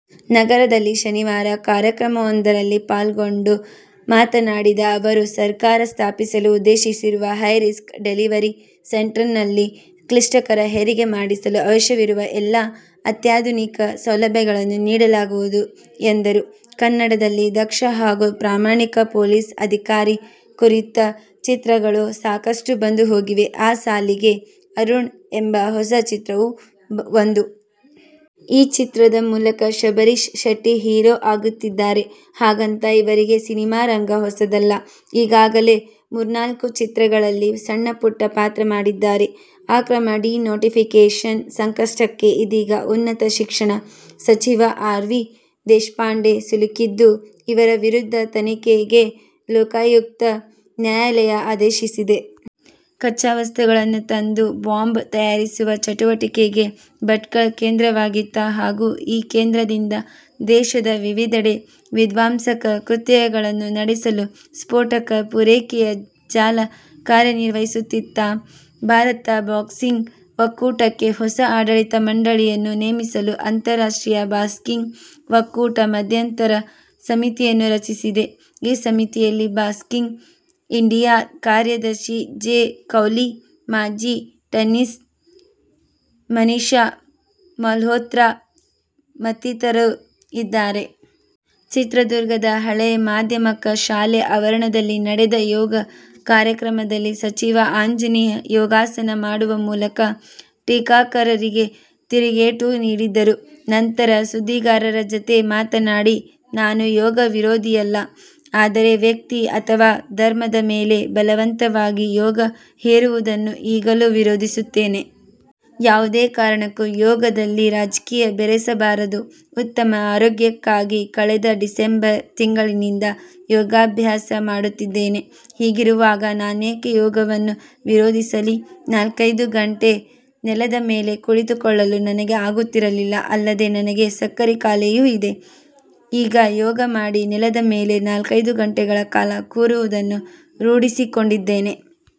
ನಗರದಲ್ಲಿ ಶನಿವಾರ ಕಾರ್ಯಕ್ರಮವೊಂದರಲ್ಲಿ ಪಾಲ್ಗೊಂಡು ಮಾತನಾಡಿದ ಅವರು, ಸರ್ಕಾರ ಸ್ಥಾಪಿಸಲು ಉದ್ದೇಶಿಸಿರುವ ಹೈರಿಸ್ಕ್ ಡೆಲಿವರಿ ಸೆಂಟರ್ನಲ್ಲಿ ಕ್ಲಿಷ್ಟಕರ ಹೆರಿಗೆ ಮಾಡಿಸಲು ಅವಶ್ಯವಿರುವ ಎಲ್ಲ ಅತ್ಯಾಧುನಿಕ ಸೌಲಭ್ಯಗಳನ್ನು ನೀಡಲಾಗುವುದು ಎಂದರು. ಕನ್ನಡದಲ್ಲಿ ದಕ್ಷ ಹಾಗು ಪ್ರಾಮಾಣಿಕ ಪೊಲೀಸ್ ಅಧಿಕಾರಿ ಕುರಿತ ಚಿತ್ರಗಳು ಸಾಕಷ್ಟು ಬಂದು ಹೋಗಿವೆ. ಆ ಸಾಲಿಗೆ "ಅರುಣ್' ಎಂಬ ಹೊಸ ಚಿತ್ರವೂ ಒಂದು. ಈ ಚಿತ್ರದ ಮೂಲಕ ಶಬರೀಷ್ ಶೆಟ್ಟಿ ಹೀರೋ ಆಗುತ್ತಿದ್ದಾರೆ. ಹಾಗಂತ ಇವರಿಗೆ ಸಿನಿಮಾರಂಗ ಹೊಸದಲ್ಲ. ಈಗಾಗಲೇ ಮೂರ್ನಾಲ್ಕು ಚಿತ್ರಗಳಲ್ಲಿ ಸಣ್ಣಪುಟ್ಟ ಪಾತ್ರ ಮಾಡಿದ್ದಾರೆ. ಅಕ್ರಮ ಡಿ-ನೋಟಿಫಿಕೇಷನ್ ಸಂಕಷ್ಟಕ್ಕೆ ಇದೀಗ ಉನ್ನತ ಶಿಕ್ಷಣ ಸಚಿವ ಆರ್. ವಿ. ದೇಶಪಾಂಡೆ ಸಿಲುಕಿದ್ದು ಇವರ ವಿರುದ್ಧ ತನಿಖೆ ಗೆ ಲೋಕಾಯುಕ್ತ ನ್ಯಾಯಾಲಯ ಆದೇಶಿಸಿದೆ. ಕಚ್ಚಾವಸ್ತುಗಳನ್ನು ತಂದು ಬಾಂಬ್ ತಯಾರಿಸುವ ಚಟುವಟಿಕೆಗೆ ಭಟ್ಕಳ ಕೇಂದ್ರವಾಗಿತ್ತಾ? ಹಾಗೂ ಈ ಕೇಂದ್ರದಿಂದ ದೇಶದ ವಿವಿಧೆಡೆ ವಿಧ್ವಂಸಕ ಕೃತ್ಯಗಳನ್ನು ನಡೆಸಲು ಸ್ಫೋಟಕ ಪೂರೈಕೆಯ ಜಾಲ ಕಾರ್ಯನಿರ್ವಹಿಸುತ್ತಿತ್ತಾ? ಭಾರತ ಬಾಕ್ಸಿಂಗ್ ಒಕ್ಕೂಟಕ್ಕೆ ಹೊಸ ಆಡಳಿತ ಮಂಡಳಿಯನ್ನು ನೇಮಿಸಲು ಅಂತಾರಾಷ್ಟ್ರೀಯ ಬಾಕ್ಸಿಂಗ್ ಒಕ್ಕೂಟ ಮಧ್ಯಂತರ ಸಮಿತಿಯನ್ನು ರಚಿಸಿದೆ. ಈ ಸಮಿತಿಯಲ್ಲಿ ಬಾಕ್ಸಿಂಗ್ ಇಂಡಿಯಾ ಕಾರ್ಯದರ್ಶಿ ಜೇ ಕೌಲಿ, ಮಾಜಿ ಟೆನ್ನಿಸ್ ಮನೀಶಾ ಮಲ್ಹೋತ್ರಾ ಮತ್ತಿತರರು ಇದ್ದಾರೆ. ಚಿತ್ರದುರ್ಗದ ಹಳೇ ಮಾಧ್ಯಮಕ ಶಾಲೆ ಆವರಣದಲ್ಲಿ ನಡೆದ ಯೋಗ ಕಾರ್ಯಕ್ರಮದಲ್ಲಿ ಸಚಿವ ಆಂಜನೇಯ ಯೋಗಾಸನ ಮಾಡುವ ಮೂಲಕ ಟೀಕಾಕಾರಿಗೆ ತಿರುಗೇಟು ನೀಡಿದರು. ನಂತರ ಸುದ್ದಿಗಾರರ ಜತೆ ಮಾತನಾಡಿ, "ನಾನು ಯೋಗ ವಿರೋಧಿಯಲ್ಲ. ಆದರೆ, ವ್ಯಕ್ತಿ ಅಥವಾ ಧರ್ಮದ ಮೇಲೆ ಬಲವಂತವಾಗಿ ಯೋಗ ಹೇರುವುದನ್ನು ಈಗಲೂ ವಿರೋಧಿಸುತ್ತೇನೆ. ಯಾವುದೇ ಕಾರಣಕ್ಕೂ ಯೋಗದಲ್ಲಿ ರಾಜಕೀಯ ಬೆರೆಸಬಾರದು. ಉತ್ತಮ ಆರೋಗ್ಯಕ್ಕಾಗಿ ಕಳೆದ ಡಿಸೆಂಬರ್ ತಿಂಗಳಿನಿಂದ ಯೋಗಾಭ್ಯಾಸ ಮಾಡುತ್ತಿದ್ದೇನೆ. ಹೀಗಿರುವಾಗ ನಾನೇಕೆ ಯೋಗವನ್ನು ವಿರೋಧಿಸಲಿ. ನಾಲ್ಕೈದು ಗಂಟೆ ನೆಲದ ಮೇಲೆ ಕುಳಿತುಕೊಳ್ಳಲು ನನಗೆ ಆಗುತ್ತಿರಲಿಲ್ಲ. ಅಲ್ಲದೆ ನನಗೆ ಸಕ್ಕರೆ ಕಾಯಿಲೆಯೂ ಇದೆ. ಈಗ ಯೋಗ ಮಾಡಿ ನೆಲದ ಮೇಲೆ ನಾಲ್ಕೈದು ಗಂಟೆಗಳ ಕಾಲ ಕೂರುವುದನ್ನು ರೂಢಿಸಿಕೊಂಡಿದ್ದೇನೆ.